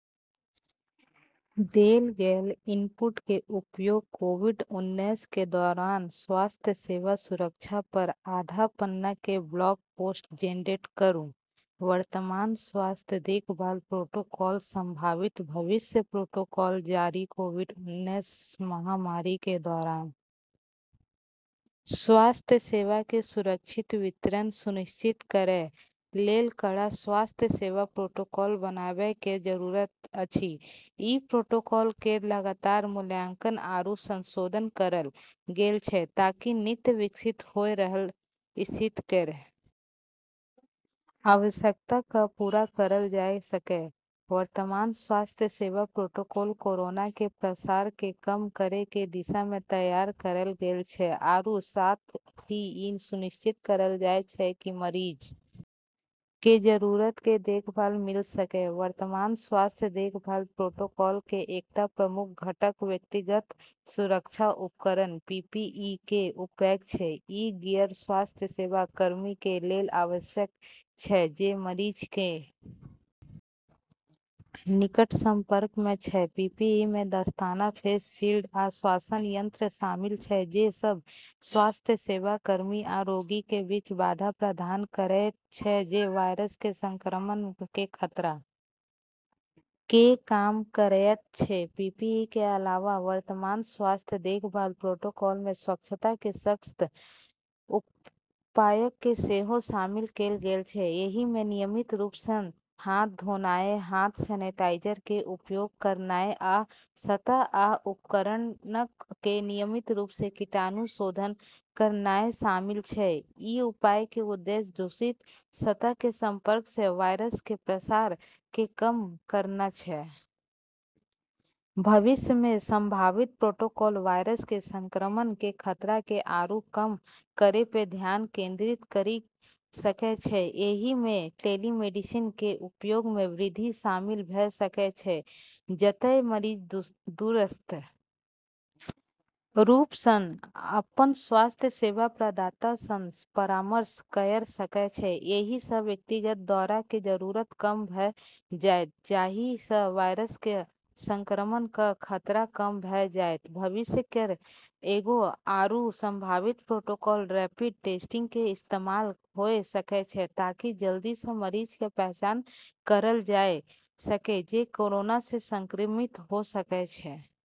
देल गेल इनपुट के उपयोग कोविड उन्नैस के दौरान स्वास्थ्य सेवा सुरक्षा पर आधा पन्ना के ब्लॉग पोस्ट जेनरेट करू, वर्तमान स्वास्थ्य देखभाल प्रोटोकॉल संभावित भविष्य प्रोटोकॉल जारी कोविड उन्नैस महामारी के दौरान स्वास्थ्य सेवा के सुरक्षित वितरण सुनिश्चित करय लेल कड़ा स्वास्थ्य सेवा प्रोटोकॉल बनाबय के जरूरत अछि, ई प्रोटोकॉल केरऽ लगातार मूल्यांकन आरू संशोधन करलऽ गेलऽ छै ताकि नित्य विकसित होय रहलऽ स्थिति केरऽ आवश्यकता क पूरा करलऽ जाय सकै, वर्तमान स्वास्थ्य सेवा प्रोटोकॉल कोरोना के प्रसार के कम करै के दिशा मे तैयार करलऽ गेलऽ छै आरू साथ ही ई सुनिश्चित करलऽ जाय छै कि मरीजऽ के जरूरत के देखभाल मिल सके, वर्तमान स्वास्थ्य देखभाल प्रोटोकॉल कें एकटा प्रमुख घटक व्यक्तिगत सुरक्षा उपकरण (पीपीई) कें उपयोग छै, इ गियर स्वास्थ्य सेवा कर्मी कें लेल आवश्यक छै जे मरीजक कें निकट संपर्क मे छै, पीपीई मे दस्ताना, फेस शील्ड आ श्वसन यंत्र शामिल छै जे सब स्वास्थ्य सेवा कर्मी आ रोगी कें बीच बाधा प्रदान करएयत छै जे वायरस कें संक्रमण कें खतरा कें कम करएयत छै, पीपीई कें अलावा वर्तमान स्वास्थ्य देखभाल प्रोटोकॉल मे स्वच्छता कें सख्त उपायक कें सेहो शामिल कैल गेल छै, एहि मे नियमित रूप सं हाथ धोनाय, हाथ सेनेटाइजर कें उपयोग करनाय आ सतह आ उपकरणक कें नियमित रूप सं कीटाणुशोधन करनाय शामिल छै, ई उपायऽ के उद्देश्य दूषित सतहऽ के संपर्क से वायरस के प्रसार के कम करना छै। भविष्य मे संभावित प्रोटोकॉल वायरस के संक्रमण के खतरा के आरू कम करै पे ध्यान केंद्रित करी सकै छै, एहि मे टेलीमेडिसिन कें उपयोग मे वृद्धि शामिल भ सकय छै जतय मरीज दूरस्थ रूप सं अपन स्वास्थ्य सेवा प्रदाता सं परामर्श कयर सकय छै एहि स व्यक्तिगत दौरा क जरूरत कम भ जाएत जाहि स वायरस क संक्रमण क खतरा कम भ जाएत, भविष्य केरऽ एगो आरू संभावित प्रोटोकॉल रैपिड टेस्टिंग के इस्तेमाल होय सकै छै ताकि जल्दी स मरीजऽ के पहचान करलऽ जाय सके जे कोरोना से संक्रमित होय सकै छै।